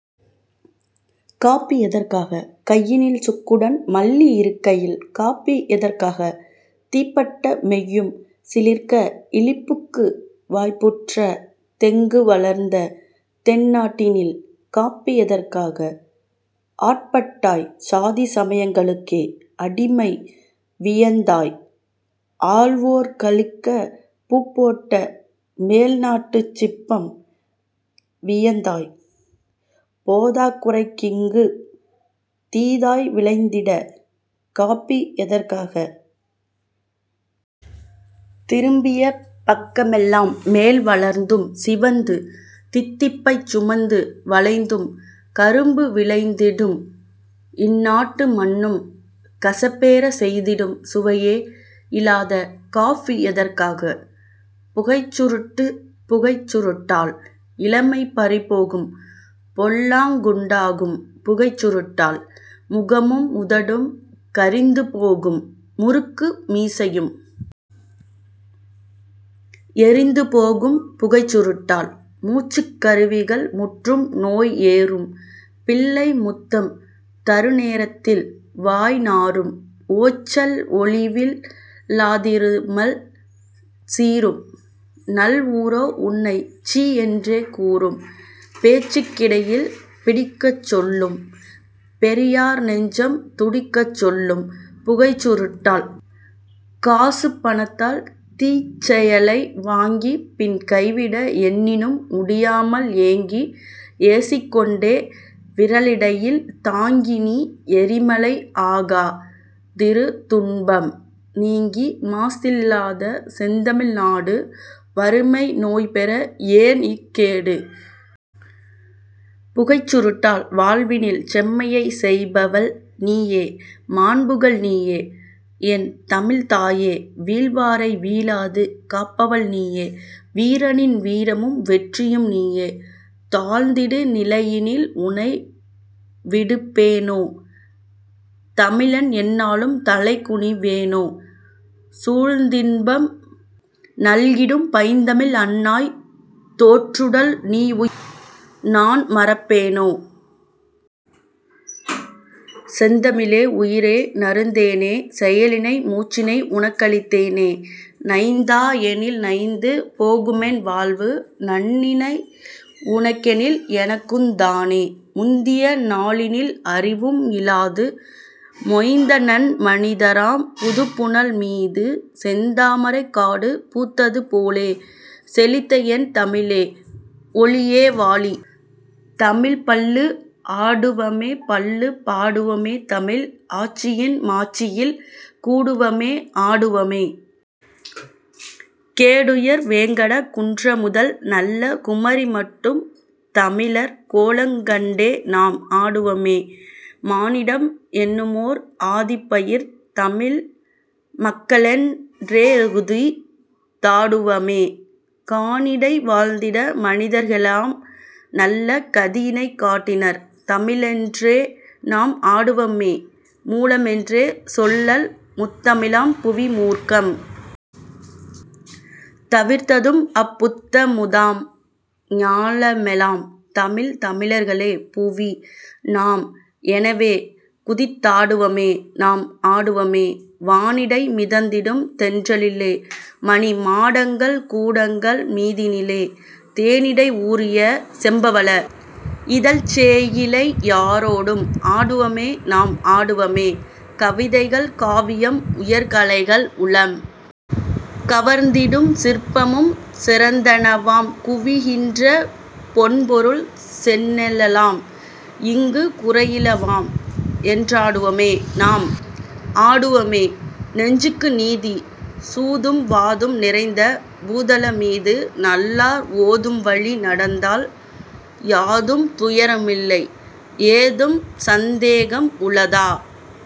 Copy எதற்காக கையினில் சுக்குடன் மல்லி இருக்கையில் காப்பி எதற்காக தீப்பட்ட மெய்யும் சிலிர்க்க இளிப்புக்கு வாய்ப்புற்ற தெங்கு வளர்ந்த தென்னாட்டினில் காப்பி எதற்காக? ஆட்பட்டாய் சாதி சமயங்களுக்கே அடிமை வியந்தாய் ஆள்வோர் களிக்கப் பூப்போட்ட மேல்நாட்டுச் சிப்பம் வியந்தாய் போதாக் குறைக்கிங்குத் தீதாய் விளைந்திட்ட காப்பி எதற்காக? திரும்பிய பக்கமெல் லாம்மேல் வளர்ந்தும் சிவந்து தித்திப்பைச் சுமந்து வளைந்தும் கரும்பு விளைந்திடும் இந்நாட்டு மண்ணும் கசப்பேறச் செய்திடும் சுவையே இலாத காப்பி எதற்காக? புகைச் சுருட்டு புகைச் சுருட்டால் இளமை பறிபோகும் பொல்லாங் குண்டாகும் புகைச் சுருட்டால்! முகமும் உதடும் கரிந்துபோகும் முறுக்கு மீசையும் எரிந்து போகும் புகைச் சுருட்டால் மூச்சுக் கருவிகள் முற்றும் நோய்ஏறும் பிள்ளை முத்தம் தருநே ரத்தில் வாய் நாறும் ஓய்ச்சல் ஒழிவில் லாதிருமல் சீறும் நல் ஊரோ உன்னைச் சீ என்றே கூறும் பேச்சுக் கிடையில் பிடிக்கச் சொல்லும் பெரியார் நெஞ்சம் துடிக்கச் சொல்லும் புகைச் சுருட்டால் காசுபணத்தால் தீச்செயலை வாங்கிப் பின் கைவிட எண்ணினும் முடியாமல் ஏங்கி ஏசிக்கொண்டே விரலிடையில் தாங்கி நீ எரிமலை ஆகா திருதுன்பம் நீங்கி மாசில்லாத செந்தமிழ் நாடு வறுமை நோய்பெற ஏன் இக்கேடு? புகைச் சுருட்டால் வாழ்வினில் செம்மையைச் செய்பவள் நீயே மாண்புகள் நீயே என் தமிழ்த் தாயே வீழ்வாரை வீழாது காப்பவள் நீயே வீரனின் வீரமும் வெற்றியும் நீயே தாழ்ந்திடு நிலையினில் உனை விடுப்பேனோ தமிழன்எந் நாளும் தலைகுனி வேனோ? சூழ்ந்தின்பம் நல்கிடும் பைந்தமிழ் அன்னாய் தோன்றுடல் நீஉயிர் நான்மறப் பேனோ? செந்தமிழே! உயிரே நறுந்தேனே செயலினை மூச்சினை உனக்களித்தேனே நைந்தா யெனில்நைந்து போகுமென் வாழ்வு நன்னிலை உனக்கெனில் எனக்குந் தானே! முந்திய நாளினில் அறிவும் இலாது மொய்த்தநன் மனிதராம் புதுப்புனல் மீது செந்தாமரைக் காடு பூத்தது போலே செழித்தஎன் தமிழே ஒளியே வாழி! தமிழ்ப் பள்ளு ஆடுவமே பள்ளுப் பாடுவமேதமிழ் ஆட்சியின் மாட்சியில் கூடுவமே ஆடுவமே! கோடுயர் வேங்கடக் குன்றமுதல் நல்ல குமரிமட்டும் தமிழர் கோலங் கண்டே நாம் ஆடுவமே மானிடம் என்னுமோர் ஆதிப்பயிர் தமிழ் மக்களென் றேகுதித் தாடுவமே கானிடை வாழ்ந்திட்ட மனிதர்க்கெலாம் நல்ல கதியினைக் காட்டினர் தமிழ ரென்றே நாம் ஆடுவமே மூலமென்றே சொல்லல் முத் தமிழாம் புவி மூர்க்கம் தவிர்த்ததும் அப் புத்தமுதாம் ஞாலமெலாம் தமிழ் தமிழர்களே புவி நாம் எனவே குதித் தாடுவமே நாம் ஆடுவமே வானிடை மிதந்திடும் தென்றலிலே மணி மாடங்கள் கூடங்கள் மீதினிலே தேனிடை ஊறிய செம்பவழ இதழ்ச் சேயிழை யாரொடும் ஆடுவமே நாம் ஆடுவமே கவிதைகள் காவியம் உயர்கலைகள் உளம் கவர்ந்திடும் சிற்பமும் சிறந்தனவாம் குவிகின்ற பொன்பொருள் செந்நெலெலாம் இங்குக் குறையில வாம் என்றாடுவமே நாம் ஆடுவமே நெஞ்சுக்கு நீதி சூதும் வாதும் நிறைந்த பூதலமீது நல்லார் ஓதும்வழி நடந்தால் யாதும் துயரமில்லை ஏதும் சந்தேகம் உளதோ